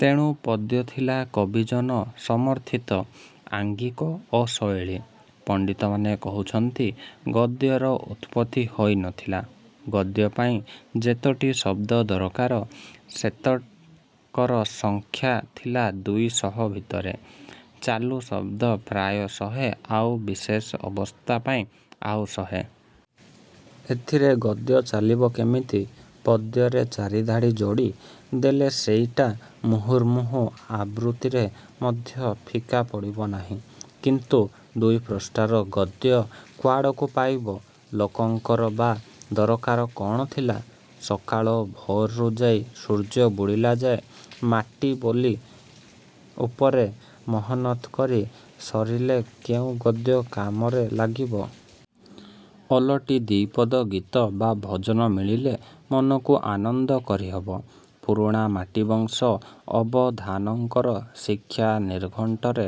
ତେଣୁ ପଦ୍ୟ ଥିଲା କବିଜନ ସମର୍ଥିତ ଆଙ୍ଗିକ ଓ ଶୈଳୀ। ପଣ୍ତିତମାନେ କହୁଛନ୍ତି ଗଦ୍ୟର ଉତ୍ପତ୍ତି ହୋଇ ନଥିଲା। ଗଦ୍ୟ ପାଇଁ ଯେତୋଟି ଶଦ୍ଦ ଦରକାର ସେତକର ସଂଖ୍ୟା ଥିଲା ଦୁଇଶହ ଭିତରେ–ଚାଲୁ ଶଦ୍ଦ ପ୍ରାୟ ଶହେ ଆଉ ବିଶେଷ ଅବସ୍ଥା ପାଇଁ ଆଉ ଶହେ। ଏଥିରେ ଗଦ୍ୟ ଚାଲିବ କେମିତି? ପଦ୍ୟରେ ଚାରିଧାଡ଼ି ଯୋଡ଼ି ଦେଲେ ସେଇଟା ମୂହୁର୍ମୂହୁ ଆବୃତ୍ତିରେ ମଧ୍ୟ ଫିକା ପଡ଼ିବ ନାହିଁ। କିନ୍ତୁ ଦୁଇ ପୃଷ୍ଠାର ଗଦ୍ୟ କୁଆଡ଼କୁ ପାଇବ? ଲୋକଙ୍କର ବା ଦରକାର କ'ଣ ଥିଲା? ସକାଳ ଭୋରରୁ ଯାଇ ସୂର୍ଯ୍ୟ ବୁଡ଼ିଲା ଯାଏ ମାଟି ବାଲି ଉପରେ ମେହନତ କରି ସାରିଲେ କେଉଁ ଗଦ୍ୟ କାମରେ ଲାଗିବ? ଓଲଟି ଦି'ପଦ ଗୀତ ବା ଭଜନ ମିଳିଲେ ମନକୁ ଆନନ୍ଦ କରି ହବ। ପୁରୁଣା ମାଟିବଂଶ ଅବଧାନଙ୍କର ଶିକ୍ଷା ନିର୍ଘଣ୍ଟରେ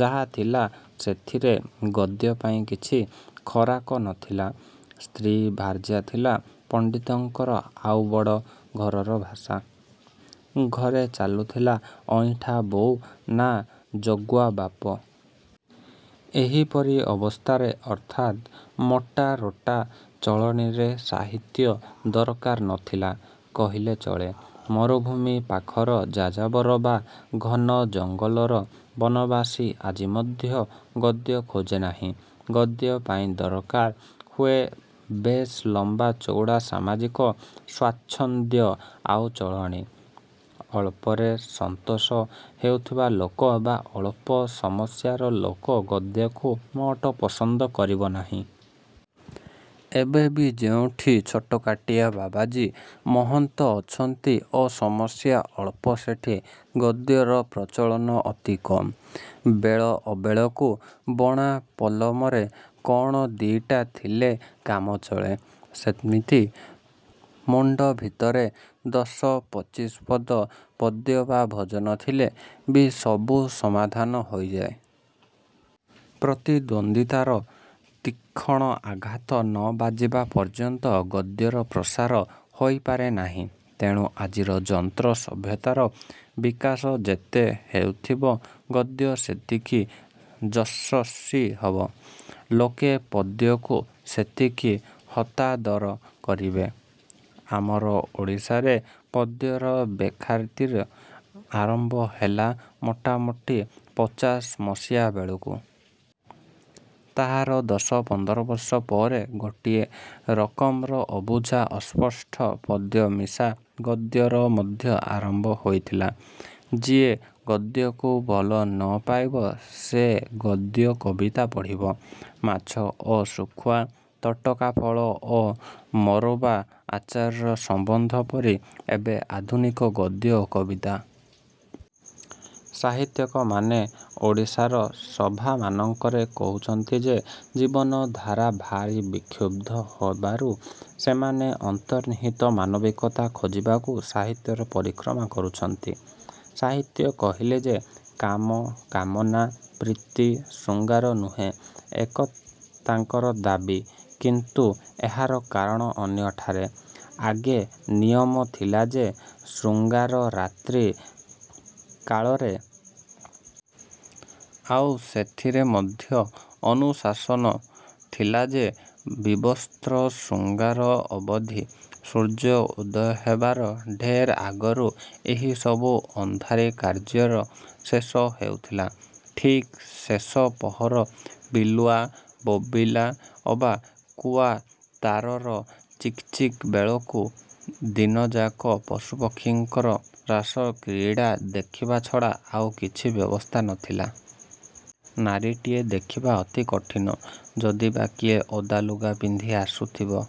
ଯାହା ଥିଲା ସେଥିରେ ଗଦ୍ୟ ପାଇଁ କିଛି ଖୋରାକ ନଥିଲା। ସ୍ତ୍ରୀ ଭାର୍ଯ୍ୟା ଥିଲା ପଣ୍ତିତଙ୍କର ଆଉ ବଡ଼ ଘରର ଭାଷା। ଘରେ ଚଳୁଥିଲା ଅଇଁଠା ବୋଉ ନା ଜଗୁଆ ବାପ। ଏହିପରି ଅବସ୍ଥାରେ ଅର୍ଥାତ୍ ମୋଟା ରୋଟା ଚଳଣୀରେ ସାହିତ୍ୟ ଦରକାର ନଥିଲା କହିଲେ ଚଳେ। ମରୁଭୂମି ପାଖର ଯାଯାବର ବା ଘନ ଜଙ୍ଗଲର ବନବାସୀ ଆଜି ମଧ୍ୟ ଗଦ୍ୟ ଖୋଜେ ନାହିଁ। ଗଦ୍ୟପାଇଁ ଦରକାର ହୁଏ ବେଶ୍ ଲମ୍ୱାଚଉଡ଼ା ସାମାଜିକ ସ୍ୱାଚ୍ଛନ୍ଦ୍ୟ ଆଉ ଚଳଣୀ। ଅଳ୍ପରେ ସନ୍ତୋଷ ହେଉଥିବା ଲୋକ ବା ଅଳ୍ପ ସମସ୍ୟାର ଲୋକ ଗଦ୍ୟକୁ ମୋଟେ ପସନ୍ଦ କରିବ ନାହିଁ। ଏବେ ବି ଯେଉଁଠି ଛୋଟକାଟିଆ ବାବାଜୀ ମହନ୍ତ ଅଛନ୍ତି ଓ ସମସ୍ୟା ଅଳ୍ପ ସେଠି ଗଦ୍ୟର ପ୍ରଚଳନ ଅତି କମ୍। ବେଳ ଅବେଳକୁ ବଣା ପଲମରେ କ'ଣ ଦି'ଟା ଥିଲେ କାମ ଚଳେ, ସେମିତି ମୁଣ୍ତଭିତରେ ଦଶ ପଚିଶପଦ ପଦ୍ୟ ବା ଭଜନ ଥିଲେ ବି ସବୁ ସମାଧାନ ହୋଇଥାଏ। ପ୍ରତିଦ୍ୱନ୍ଦ୍ୱିତାର ତୀକ୍ଷଣ ଆଘାତ ନ ବାଜିବା ପର୍ଯ୍ୟନ୍ତ ଗଦ୍ୟର ପ୍ରସାର ହୋଇପାରେ ନାହିଁ-। ତେଣୁ ଆଜିର ଯନ୍ତ୍ର–ସଭ୍ୟତାର ବିକାଶ ଯେତେ ହେଉଥିବ ଗଦ୍ୟ ସେତିକି ଯଶସ୍ୱୀ ହେବ-। ଲୋକେ ପଦ୍ୟକୁ ସେତିକି ହତାଦର କରିବେ। ଆମର ଓଡ଼ିଶାରେ ପଦ୍ୟର ବେଖାତିର ଆରମ୍ଭ ହେଲା ମୋଟାମୋଟି ପଚାଶମସିହା ବେଳରୁ। ତାହାର ଦଶ ପନ୍ଦରବର୍ଷ ପରେ ଗୋଟାଏ ରକମର ଅବୁଝା ଅସ୍ପଷ୍ଟ ପଦ୍ୟମିଶା ଗଦ୍ୟର ମଧ୍ୟ ଆରମ୍ଭ ହେଇଥିଲା। ଯିଏ ଗଦ୍ୟକୁ ଭଲ ନ ପାଇବ ସେ ଗଦ୍ୟକବିତା ପଢ଼ିବ। ମାଛ ଓ ଶୁଖୁଆ, ତଟକା ଫଳ ଓ ମୋରବା ଆଚାରର ସମ୍ୱନ୍ଧ ପରି ଏବେ ଆଧୁନିକ ଗଦ୍ୟ ଓ କବିତା। ସାହିତ୍ୟିକମାନେ ଓଡ଼ିଶାର ସଭାମାନଙ୍କରେ କହୁଛନ୍ତି ଯେ ଜୀବନଧାରା ଭାରି ବିକ୍ଷୁବ୍ଧ ହେବାରୁ ସେମାନେ ଅନ୍ତର୍ନିହିତ ମାନବିକତା ଖୋଜିବାକୁ ସାହିତ୍ୟର ପରିକ୍ରମା କରୁଛନ୍ତି। ସାହିତ୍ୟ କହିଲେ ଯେ କାମ, କାମନା, ପ୍ରୀତି, ଶୃଙ୍ଗାର ନୁହେଁ–ଏତକ ତାଙ୍କର ଦାବୀ। କିନ୍ତୁ ଏହାର କାରଣ ଅନ୍ୟଠାରେ। ଆଗେ ନିୟମ ଥିଲା ଯେ ଶୃଙ୍ଗାର ରାତ୍ରି କାଳରେ। ଆଉ ସେଥିରେ ମଧ୍ୟ ଅନୁଶାସନ ଥିଲା ଯେ ବିବସ୍ତ୍ର ଶୃଙ୍ଗାର ଅବିଧି। ସୂର୍ଯ୍ୟ ଉଦୟ ହେବାର ଢେର ଆଗରୁ ଏହି ସବୁ ଅନ୍ଧାରି କାର୍ଯ୍ୟର ଶେଷ ହେଉଥିଲା–ଠିକ୍ ଶେଷ ପହର ବିଲୁଆ ବୋବାଳି ଅବା କୁଆଁ ତାରାର ଚିକିଚିକି ବେଳକୁ। ଦିନଯାକ ପଶୁପକ୍ଷୀଙ୍କର ରାସକ୍ରୀଡ଼ା ଦେଖିବା ଛଡ଼ା ଆଉ କିଛି ବ୍ୟବସ୍ଥା ନ ଥିଲା। ନାରୀଟିଏ ଦେଖିବା ଅତି କଠିନ। ଯଦି ବା କିଏ ଓଦାଲୁଗା ପିନ୍ଧି ଆସୁଥିବା